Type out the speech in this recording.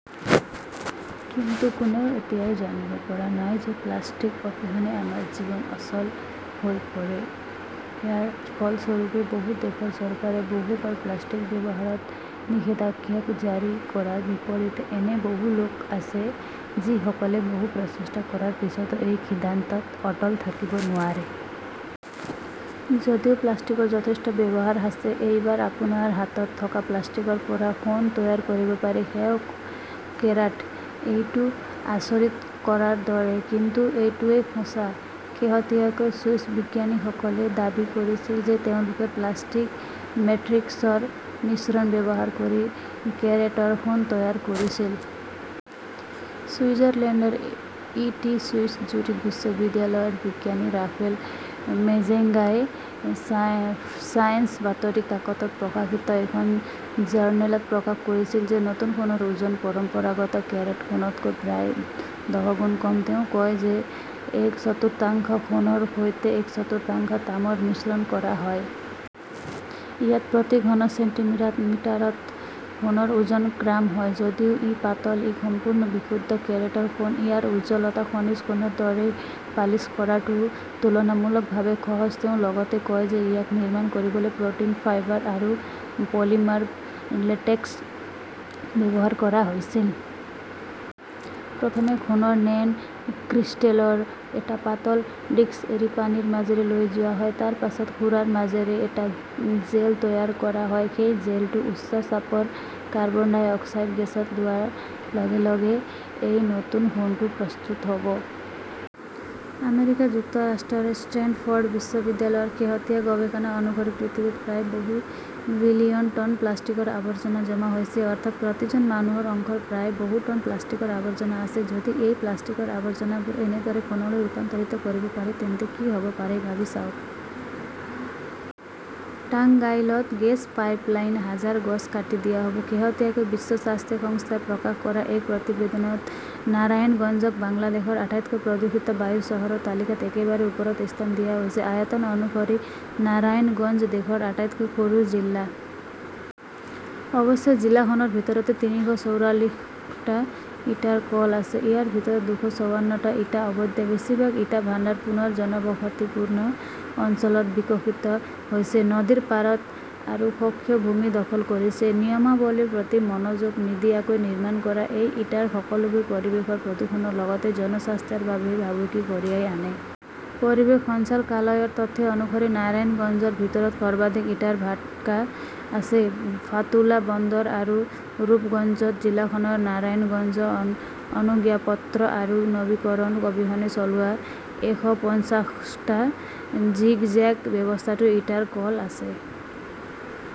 কিন্তু কোনেও এতিয়াও জানিব পৰা নাই যে প্লাষ্টিক অবিহনে আমাৰ জীৱন অচল হৈ পৰে। ইয়াৰ ফলস্বৰূপে, বহু দেশৰ চৰকাৰে বহুবাৰ প্লাষ্টিক ব্যৱহাৰত নিষেধাজ্ঞা জাৰি কৰাৰ বিপৰীতে, এনে বহু লোক আছে যিসকলে বহু প্ৰচেষ্টা কৰাৰ পিছতো এই সিদ্ধান্তত অটল থাকিব নোৱাৰে। যদিও প্লাষ্টিকৰ যথেষ্ট ব্যৱহাৰ আছে, এইবাৰ আপোনাৰ হাতত থকা প্লাষ্টিকৰ পৰা সোণ তৈয়াৰ কৰিব পাৰি, সেয়াও কেৰাট। এইটো আচৰিত কৰাৰ দৰে, কিন্তু এইটোৱেই সঁচা। শেহতীয়াকৈ ছুইছ বিজ্ঞানীসকলে দাবী কৰিছিল যে তেওঁলোকে প্লাষ্টিক মেট্ৰিক্সৰ মিশ্ৰণ ব্যৱহাৰ কৰি কেৰেটৰ সোণ তৈয়াৰ কৰিছিল। ছুইজাৰলেণ্ডৰ ই টি এইচ জুৰিক বিশ্ববিদ্যালয়ৰ বিজ্ঞানী ৰাফেল মেজেঙ্গাই ছায়েন্স বাতৰি কাকতত প্ৰকাশিত এখন জাৰ্নেলত প্ৰকাশ কৰিছিল যে নতুন সোণৰ ওজন পৰম্পৰাগত কেৰেট সোণতকৈ প্ৰায় দহগুণ কম। তেওঁ কয় যে এক চতুৰ্থাংশ সোণৰ সৈতে এক চতুৰ্থাংশ তামৰ মিশ্ৰণ কৰা হয়। ইয়াত প্ৰতি ঘন চেণ্টিমিটাৰত সোণৰ ওজন গ্ৰাম হয়। যদিও ই পাতল, ই সম্পূৰ্ণ বিশুদ্ধ কেৰেটৰ সোণ। ইয়াৰ উজ্জ্বলতা খনিজ সোণৰ দৰেই। পালিছ কৰাটোও তুলনামূলকভাৱে সহজ। তেওঁ লগতে কয় যে ইয়াক নিৰ্মাণ কৰিবলৈ প্ৰ'টিন ফাইবাৰ আৰু পলিমাৰ লেটেক্স ব্যৱহাৰ কৰা হৈছিল। প্ৰথমে সোণৰ নেন ক্ৰিষ্টেলৰ এটা পাতল ডিস্ক এৰি পানীৰ মাজেৰে লৈ যোৱা হয়, তাৰ পিছত সুৰাৰ মাজেৰে এটা জেল তৈয়াৰ কৰা হয়। সেই জেলটো উচ্চ চাপৰ কাৰ্বন ডাই অক্সাইড গেছত লোৱাৰ লগে লগে এই নতুন সোণটো প্ৰস্তুত হ'ব। আমেৰিকা যুক্তৰাষ্ট্ৰৰ ষ্টেনফৰ্ড বিশ্ববিদ্যালয়ৰ শেহতীয়া গৱেষণা অনুসৰি, পৃথিৱীত প্ৰায় বহু বিলিয়ন টন প্লাষ্টিকৰ আৱৰ্জনা জমা হৈছে। অৰ্থাৎ, প্ৰতিজন মানুহৰ অংশৰ প্ৰায় বহু টন প্লাষ্টিকৰ আৱৰ্জনা আছে। যদি এই প্লাষ্টিকৰ আৱৰ্জনাবোৰ এনেদৰে সোণলৈ ৰূপান্তৰিত কৰিব পাৰি, তেন্তে কি হ'ব পাৰে ভাবি চাওক। টাংগাইলত গেছ পাইপলাইন, হাজাৰ গছ কাটি দিয়া হ'ব। শেহতীয়াকৈ বিশ্ব স্বাস্থ্য সংস্থাই প্ৰকাশ কৰা এক প্ৰতিবেদনত নাৰায়ণগঞ্জক বাংলাদেশৰ আটাইতকৈ প্ৰদূষিত বায়ু চহৰৰ তালিকাৰ একেবাৰে ওপৰত স্থান দিয়া হৈছে। আয়তন অনুসৰি নাৰায়ণগঞ্জ দেশৰ আটাইতকৈ সৰু জিলা। অৱশ্যে, জিলাখনৰ ভিতৰতে তিনিশ চৌৰাল্লিশটা ইটাৰ কল আছে। ইয়াৰ ভিতৰত দুশ চৌৱান্নটা ইটা অবৈধ। বেছিভাগ ইটা ভাণ্ডাৰ পুনৰ জনবসতিপূৰ্ণ অঞ্চলত বিকশিত হৈছে, নদীৰ পাৰত আৰু শস্য ভূমি দখল কৰিছে। নিয়মাৱলীৰ প্ৰতি মনোযোগ নিদিয়াকৈ নিৰ্মাণ কৰা এই ইটাৰ কলবোৰে পৰিৱেশৰ প্ৰদূষণৰ লগতে জনস্বাস্থ্যৰ বাবেও ভাবুকি কঢ়িয়াই আনে। পৰিৱেশ সঞ্চালকালয়ৰ তথ্য অনুসৰি, নাৰায়ণগঞ্জৰ ভিতৰত সৰ্বাধিক ইটাৰ ভাটকা আছে ফাতুলা, বন্দৰ আৰু ৰূপগঞ্জত। জিলাখনৰ নাৰায়ণগঞ্জত অনুজ্ঞাপত্ৰ আৰু নৱীকৰণ অবিহনে চলোৱা এশ পঞ্চাশটা জিগজেগ ব্যৱস্থাৰ ইটাৰ কল আছে।